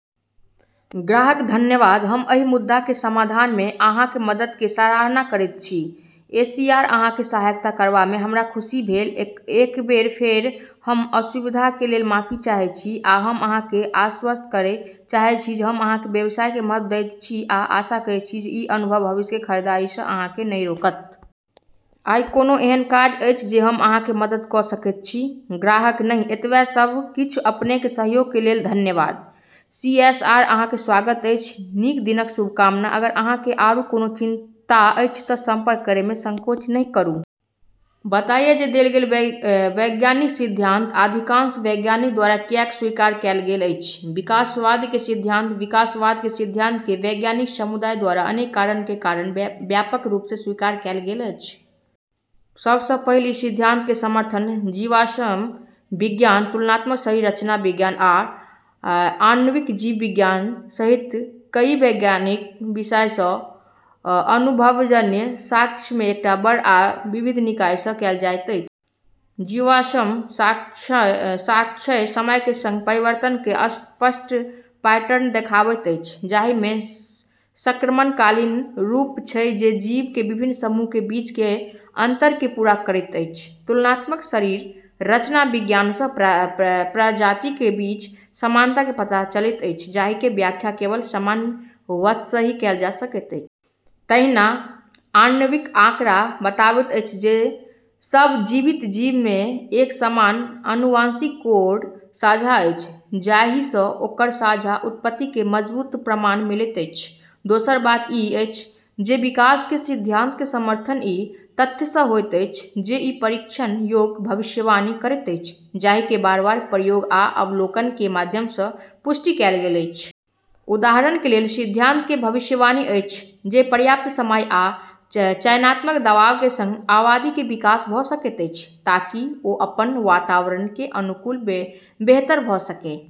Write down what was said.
ग्राहक: धन्यवाद, हम एहि मुद्दा के समाधान मे अहाँक मदद के सराहना करैत छी। सीएसआर: अहाँक सहायता करबा मे हमरा खुशी भेल। एक बेर फेर हम असुविधा के लेल माफी चाहैत छी, आ हम अहाँ के आश्वस्त करय चाहैत छी जे हम अहाँक व्यवसाय के महत्व दैत छी आ आशा करैत छी जे ई अनुभव भविष्य मे खरीदारी सँ अहाँ के नहि रोकत। आइ कोनो एहन काज अछि जे हम अहाँक मदद क' सकैत छी? ग्राहक: नहि, एतबे सब किछु। अपनेक सहयोग के लेल धन्यवाद। सीएसआर: अहाँक स्वागत अछि। नीक दिनक शुभकामना! अगर अहाँ के आरू कोनो चिंता अछि त' संपर्क करय मे संकोच नहि करु। बताइए जे देल गेल वैज्ञानिक सिद्धांत अधिकांश वैज्ञानिक द्वारा किएक स्वीकार कएल गेल अछि: विकासवाद के सिद्धांत। विकासवाद के सिद्धांत के वैज्ञानिक समुदाय द्वारा अनेक कारक के कारण व्यापक रूप सँ स्वीकार कएल गेल अछि। सभ सँ पहिल ई सिद्धांत के समर्थन जीवाश्म विज्ञान, तुलनात्मक शरीर रचना विज्ञान, आ आणविक जीव विज्ञान सहित कई वैज्ञानिक विषय सँ अनुभवजन्य साक्ष्य के एकटा बड़ आ विविध निकाय सँ कएल जाएत अछि। जीवाश्म साक्ष्य समय के संग परिवर्तन के स्पष्ट पैटर्न देखाबैत अछि, जाहि मे संक्रमणकालीन रूप छै जे जीव के विभिन्न समूह के बीच के अंतर के पूरा करैत अछि। तुलनात्मक शरीर रचना विज्ञान सँ प्रजाति के बीच समानता के पता चलैत अछि जाहि के व्याख्या केवल सामान्य वंश सँ ही कएल जा सकैत अछि। तहिना आणविक आंकड़ा बताबैत अछि जे सब जीवित जीव मे एक समान आनुवंशिक कोड साझा अछि, जाहि सँ ओकर साझा उत्पत्ति के मजबूत प्रमाण मिलैत अछि। दोसर बात ई अछि जे विकास के सिद्धांत के समर्थन ई तथ्य सँ होइत अछि जे ई परीक्षण योग्य भविष्यवाणी करैत अछि जाहि के बार-बार प्रयोग आ अवलोकन के माध्यम सँ पुष्टि कएल गेल अछि। उदाहरण के लेल सिद्धांत के भविष्यवाणी अछि जे, पर्याप्त समय आ चयनात्मक दबाव के संग, आबादी के विकास भ सकैत अछि ताकि ओ अपन वातावरण के अनुकूल बेहतर भ सकय।